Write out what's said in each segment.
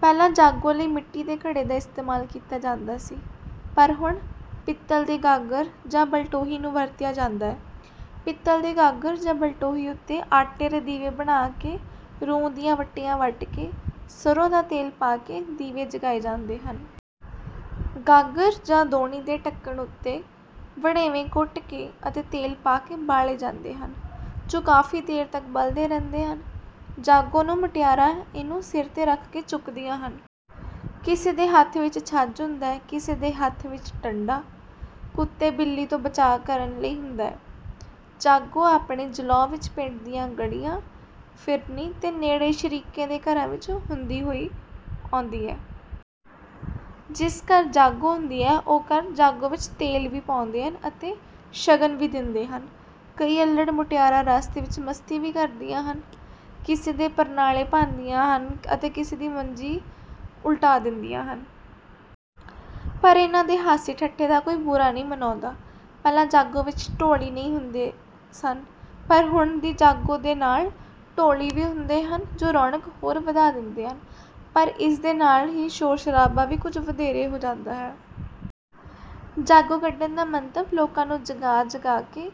ਪਹਿਲਾਂ ਜਾਗੋ ਲਈ ਮਿੱਟੀ ਦੇ ਘੜੇ ਦਾ ਇਸਤੇਮਾਲ ਕੀਤਾ ਜਾਂਦਾ ਸੀ, ਪਰ ਹੁਣ ਪਿੱਤਲ ਦੀ ਗਾਗਰ ਜਾਂ ਬਲਟੋਹੀ ਨੂੰ ਵਰਤਿਆ ਜਾਂਦਾ ਹੈ। ਪਿੱਤਲ ਦੀ ਗਾਗਰ ਜਾਂ ਬਲਟੋਹੀ ਉੱਤੇ ਆਟੇ ਦੇ ਦੀਵੇ ਬਣਾ ਕੇ ਰੂੰ ਦੀਆਂ ਵੱਟੀਆਂ ਵੱਟ ਕੇ ਸਰ੍ਹੋਂ ਦਾ ਤੇਲ ਪਾ ਕੇ ਦੀਵੇ ਜਗਾਏ ਜਾਂਦੇ ਹਨ। ਗਾਗਰ ਜਾਂ ਦੋਹਣੀ ਦੇ ਢੱਕਣ ਉੱਤੇ ਵੜੇਵੇਂ ਕੁੱਟ ਕੇ ਅਤੇ ਤੇਲ ਪਾ ਕੇ ਬਾਲੇ ਜਾਂਦੇ ਹਨ। ਜੋ ਕਾਫ਼ੀ ਦੇਰ ਤੱਕ ਬਲਦੇ ਰਹਿੰਦੇ ਹਨ। ਜਾਗੋ ਨੂੰ ਮੁਟਿਆਰਾਂ ਇਹਨੂੰ ਸਿਰ ਤੇ ਰੱਖ ਕੇ ਚੁੱਕਦੀਆਂ ਹਨ। ਕਿਸੇ ਦੇ ਹੱਥ ਵਿੱਚ ਛੱਜ ਹੁੰਦਾ ਹੈ, ਕਿਸੇ ਦੇ ਹੱਥ ਵਿੱਚ ਡੰਡਾ, ਕੁੱਤੇ ਬਿੱਲੀ ਤੋਂ ਬਚਾਅ ਕਰਨ ਲਈ ਹੁੰਦਾ ਹੈ। ਜਾਗੋ ਆਪਣੇ ਜਲੌਅ ਵਿੱਚ ਪਿੰਡ ਦੀਆਂ ਗਲੀਆਂ, ਫਿਰਨੀ ਤੇ ਨੇੜਲੇ ਸ਼ਰੀਕੇ ਦੇ ਘਰਾਂ ਵਿੱਚ ਹੁੰਦੀ ਹੋਈ ਆਉਂਦੀ ਹੈ। ਜਿਸ ਘਰ ਜਾਗੋ ਹੁੰਦੀ ਹੈ ਉਹ ਘਰ ਜਾਗੋ ਵਿੱਚ ਤੇਲ ਵੀ ਪਾਉਂਦੇ ਹਨ ਅਤੇ ਸ਼ਗਨ ਵੀ ਦਿੰਦੇ ਹਨ। ਕਈ ਅੱਲ੍ਹੜ ਮੁਟਿਆਰਾਂ ਰਸਤੇ ਵਿੱਚ ਮਸਤੀ ਵੀ ਕਰਦੀਆਂ ਹਨ। ਕਿਸੇ ਦੇ ਪਰਨਾਲੇ ਭੰਨਦੀਆਂ ਹਨ ਅਤੇ ਕਿਸੇ ਦੀ ਮੰਜੀ ਉਲਟਾ ਦਿੰਦੀਆਂ ਹਨ। ਪਰ ਇਹਨਾਂ ਦੇ ਹਾਸੇ-ਠੱਠੇ ਦਾ ਕੋਈ ਬੁਰਾ ਨਹੀਂ ਮਨਾਉਂਦਾ। ਪਹਿਲਾਂ ਜਾਗੋ ਵਿੱਚ ਢੋਲੀ ਨਹੀਂ ਹੁੰਦੇ ਸਨ, ਪਰ ਹੁਣ ਦੀ ਜਾਗੋ ਦੇ ਨਾਲ ਢੋਲੀ ਵੀ ਹੁੰਦੇ ਹਨ, ਜੋ ਰੌਣਕ ਹੋਰ ਵਧਾ ਦਿੰਦੇ ਹਨ। ਪਰ ਇਸ ਦੇ ਨਾਲ ਹੀ ਸ਼ੋਰ-ਸ਼ਰਾਬਾ ਵੀ ਕੁੱਝ ਵਧੇਰੇ ਹੋ ਜਾਂਦਾ ਹੈ। ਜਾਗੋ ਕੱਢਣ ਦਾ ਮੰਤਵ ਲੋਕਾਂ ਨੂੰ ਜਗਾ-ਜਗਾ ਕੇ,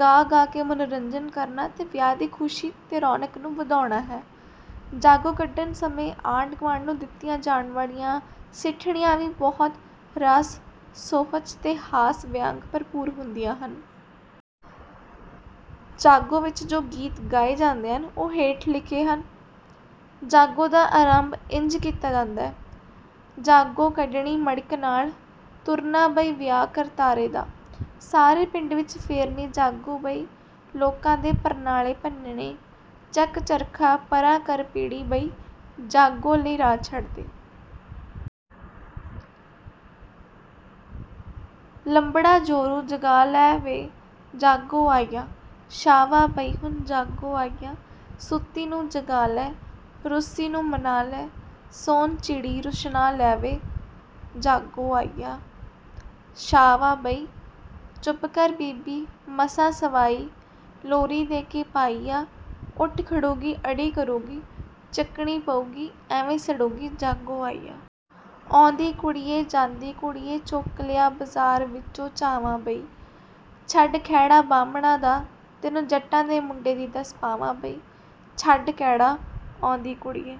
ਗਾ-ਗਾ ਕੇ ਮਨੋਰੰਜਨ ਕਰਨਾ ਤੇ ਵਿਆਹ ਦੀ ਖ਼ੁਸ਼ੀ ਤੇ ਰੌਣਕ ਨੂੰ ਵਧਾਉਣਾ ਹੈ। ਜਾਗੋ ਕੱਢਣ ਸਮੇਂ ਆਂਢ-ਗੁਆਂਢ ਨੂੰ ਦਿੱਤੀਆਂ ਜਾਣ ਵਾਲੀਆਂ ਸਿੱਠਣੀਆਂ ਵੀ ਬਹੁਤ ਰਸ, ਸੁਹਜ ਤੇ ਹਾਸ-ਵਿਅੰਗ ਭਰਪੂਰ ਹੁੰਦੀਆਂ ਹਨ। ਜਾਗੋ ਵਿੱਚ ਜੋ ਗੀਤ ਗਾਏ ਜਾਂਦੇ ਹਨ ਉਹ ਹੇਠ ਲਿਖੇ ਹਨ। ਜਾਗੋ ਦਾ ਆਰੰਭ ਇੰਜ ਕੀਤਾ ਜਾਂਦਾ ਹੈ: ਜਾਗੋ ਕੱਢਣੀ ਮੜ੍ਹਕ ਨਾਲ, ਤੁਰਨਾ ਬਈ ਵਿਆਹ ਕਰਤਾਰੇ ਦਾ, ਸਾਰੇ ਪਿੰਡ ਵਿੱਚ ਫੇਰਨੀ ਜਾਗੋ ਬਈ, ਲੋਕਾਂ ਦੇ ਪਰਨਾਲੇ ਭੰਨਣੇ, ਚੱਕ ਚਰਖਾ ਪਰ੍ਹਾਂ ਕਰ ਪੀੜ੍ਹੀ ਬਈ, ਜਾਗੋ ਲਈ ਰਾਹ ਛੱਡ ਦੇ। ਲੰਬੜਾ ਜੋਰੂ ਜਗਾ ਲੈ ਵੇ, ਜਾਗੋ ਆਈ ਆ, ਸ਼ਾਵਾ ਬਈ ਹੁਣ ਜਾਗੋ ਆਈ ਆ, ਸੁੱਤੀ ਨੂੰ ਜਗਾ ਲੈ, ਰੁੱਸੀ ਨੂੰ ਮਨਾ ਲੈ, ਸੋਨ ਚਿੜੀ ਰੁਸ਼ਨਾ ਲੈ ਵੇ, ਜਾਗੋ ਆਈ ਆ, ਸਾਵ ਬਈ। ਚੁੱਪ ਕਰ ਬੀਬੀ, ਮਸਾਂ ਸਵਾਈ ਆ, ਲੋਰੀ ਦੇ ਕੇ ਪਾਈ ਆ, ਉੱਠ ਖੜੂਗੀ ਅੜੀ ਕਰੂਗੀ, ਚੱਕਣੀ ਪਊਗੀ, ਐਵੇਂ ਸੜੂਗੀ, ਜਾਗੋ ਆਈ ਆ। ਆਉਂਦੀ ਕੁੜੀਏ ਜਾਂਦੀ ਕੁੜੀਏ, ਚੁੱਕ ਲਿਆ ਬਾਜ਼ਾਰ ਵਿੱਚੋਂ ਝਾਵਾਂ ਬਈ, ਛੱਡ ਖਹਿੜਾ ਬਾਹਮਣਾ ਦਾ, ਤੈਨੂੰ ਜੱਟਾਂ ਦੇ ਮੁੰਡੇ ਦੀ ਦੱਸ ਪਾਵਾਂ ਬਈ, ਛੱਡ ਖਹਿੜਾ। ਆਉਂਦੀ ਕੁੜੀਏ